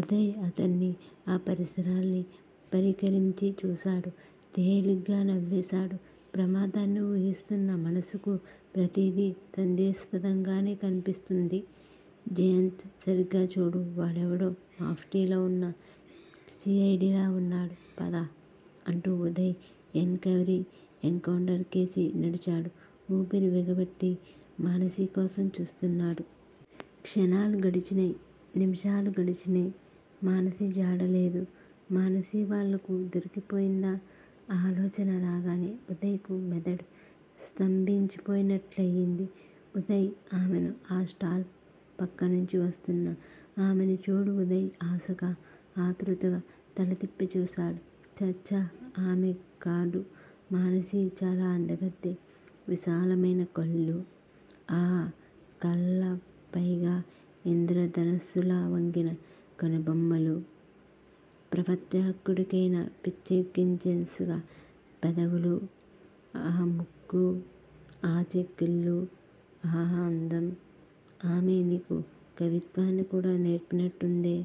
ఉదయ్, అతడ్నీ ఆ పరిసరాల్ని పరికించిచూశాడు. తేలిగానవ్వేశాడు. ప్రమాదాన్ని ఊహిస్తున్న మనసుకు ప్రతిదీ సందేహస్పదంగానే కన్పిస్తుంది. జయంత్! సరిగా చూడు. వాడెవడో మాప్టీలో వున్న సి. ఐ. డిలా వున్నాడు. పద! అంటూ ఉదయ్ ఎన్ క్వయిరీ కౌంటర్ కేసి నడిచాడు. ఊపిరి బిగపట్టి మానసికోసం చూస్తున్నాడు. క్షణాలు గడిచినై. నిముషాలు గడిచినై. మానసి జాడ లేదు, మానసి వాళ్ళకు దొరికిపోయిందా? ఆ ఆలోచన రాగానే ఉదయ్ కు మెదడు స్తంభించిపోయినట్టయింది. ఉదయ్! ఆమెను ఆస్టాల్ పక్కనుంచి వస్తున్నా ఆమెను చూడు ఉదయ్ ఆశగా, ఆతృతగా తలతిప్పి చూశాడు. ఛఛ ఆమె కాడు. మానసి చాలా అందగత్తె విశాలమైనకళ్ళు__ఆ కళ్ళపైగా ఇంద్రధనుసుళ్ళా వంగిన కనుబొమ్మలు__ప్రవరాఖ్యుడికైనాపిచ్చెక్కించగల పెదవులూ___ఆ ముక్కూ___ఆ చెక్కిళ్ళూ___ఆ అందం___ ఆమె నీకు కవిత్వాన్ని కూడా నేర్పినట్టుందే!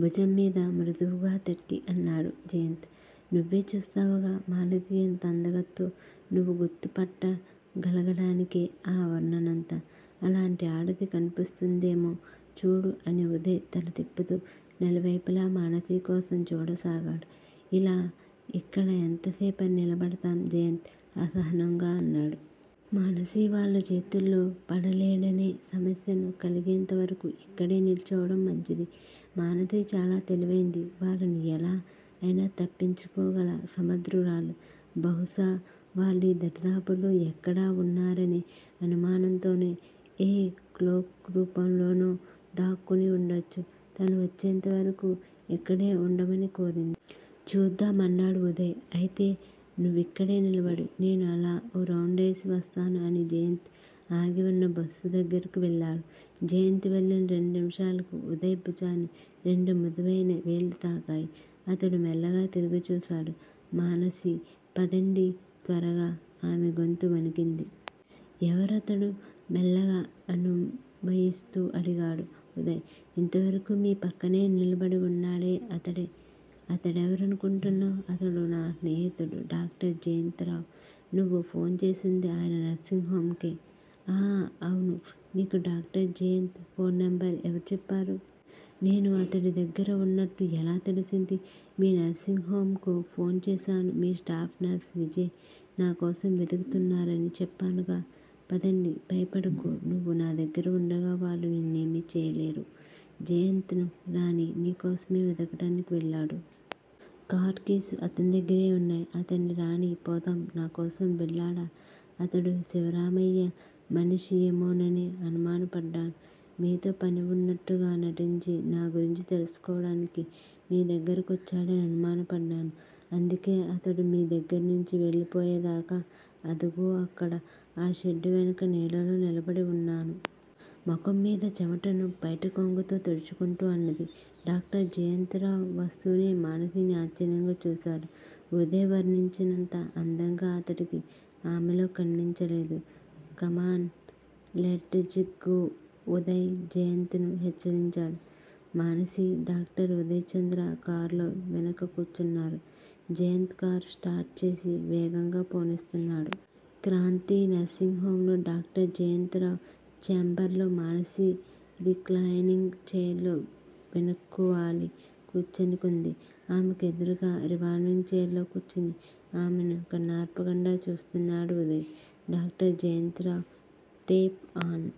భుజంమీద మృదువుగా తట్టి అన్నాడు జయంత్. నువ్వే చూస్తావుగా మానసి ఎంత అందగత్తో? నువ్వు గుర్తుపట్ట గలగడానికే ఆ వర్ణనంతా. అలాంటి ఆడది కన్పిస్తుందేమో చూడు అని ఉదయ్ తల తిప్పుతూ నలువైపులా మానసికోసం చూడసాగాడు. ఇలా ఇక్కడ ఎంతసేపని నిలబడతాం? జయంత్ అసహనంగా అన్నాడు. మానసి వాళ్ళ చేతుల్లో పడలేడనే సమస్యను కలిగేంతవరకు ఇక్కడే నిల్చోవడం మంచిది. మానసి చాలా తెలివైంది. వాళ్ళను ఎలా అయినా తప్పించుకోగల సమర్ధురాలు బహుశా వాళ్ళీదరిదాపుల్లో ఎక్కడో ఉన్నారనే అనుమానంతోనే, ఏ క్లోక్ రూం లోనో దాక్కుని వుండవచ్చు తను వచ్చేంతవరకు ఇక్కడే వుండమని కోరింది. చూద్దాం! అన్నాడు ఉదయ్. అయితే నువ్విక్కడే నిలబడు. నేను అలా ఓ రౌండువేసి వస్తాను అని జయంత్ ఆగివున్న బస్సు దగ్గిరకెళ్ళాడు. జయంత్ వెళ్ళిన రెండునిముషాలకు ఉదయ్ భుజాన్ని రెండుమృదువైన వేళ్ళు తాకాయి. అతడు మెల్లగా తిరిగి చూశాడు. మానసీ! పదండి! త్వరగా! ఆమె గొంతు వణికింది. ఎవరతడు? మెల్లగా అనునయిస్తూ అడిగాడు ఉదయ్. ఇంతవరకూ మీ పక్కనే నిలబడివున్నాడే అతడే! అతడెవరనుకోంటున్నావ్? అతడు నా స్నేహితుడు డాక్టర్ జయంత్ రావు. నువ్వు ఫోన్ చేసింది ఆయన నర్సింగ్ హొమ్ కే. ఆఁ! అవును! నీకు డాక్టర్ జయంత్ ఫోన్ నంబరు ఎవరు చెప్పారు? నేను అతడి దగ్గర ఉన్నట్టు ఎలా తెలిసింది? మీ నర్సింగ్ హొమ్ కు ఫోన్ చేశాను. మీ స్టాఫ్ నర్స్ విజయ నాకోసం వెదుకుతున్నారని చెప్పానుగా? పదండి. భయపడకు నువ్వు నాదగ్గర వుండగా వాళ్ళు నిన్నేమీ చెయ్యలేరు. జయంత్ ను రానియ్. నీ కోసమే వెదకడానికి వెళ్ళాడు. కారు కీస్ అతని దగ్గిరే వున్నాయి. అతడ్ని రానియ్యి పోదాం. నా కోసం వెళ్ళాడా? అతడు శివరామయ్య మనిషి ఏమోనని అనుమనపడ్డాను. మీతో పని వున్నట్టుగా నటించి, నా గురించి తెలుసుకోవడానికి, మీ దగ్గిరకొచ్చాడని అనుమానపడ్డాను. అందుకే అతడు మీ దగ్గిరనుంచి వెళ్ళిపోయేదాకా, అదుగో అక్కడ ఆ షెడ్డువెనక నీడలో నిలబడివున్నాను. ముఖంమీది చెమటను పైటకొంగుతో తుడుచుకుంటూ అన్నది. డాక్టర్ జయంత్ రావు వస్తూనే మానసిని ఆశ్చర్యంగా చూశాడు. ఉదయ్ వర్ణించినంత అందం అతడికి ఆమెలో కన్పించలేదు. కమాన్__లెటజ్ గో ఉదయ్ జయంత్ ను హెచ్చరించాడు. మానసీ, డాక్టర్ ఉదయచంద్ర కార్లో వెనక కూర్చున్నారు. జయంత్ కారు స్టార్ట్ చేసి వేగంగా పోనిస్తున్నాడు. క్రాంతి నర్సింగ్ హొమ్ లో డాక్టర్ జయంత్ రావు చేంబర్లో మానసి రిక్లాయినింగ్ చైర్లో వెనక్కువాలి కూర్చునివుంది. ఆమెకు ఎదురుగా రివాల్వింగ్ చైర్లో కూర్చుని ఆమెను కన్నార్పకుండా చూస్తున్నాడు Uday. Doctor Jayant Rao tape on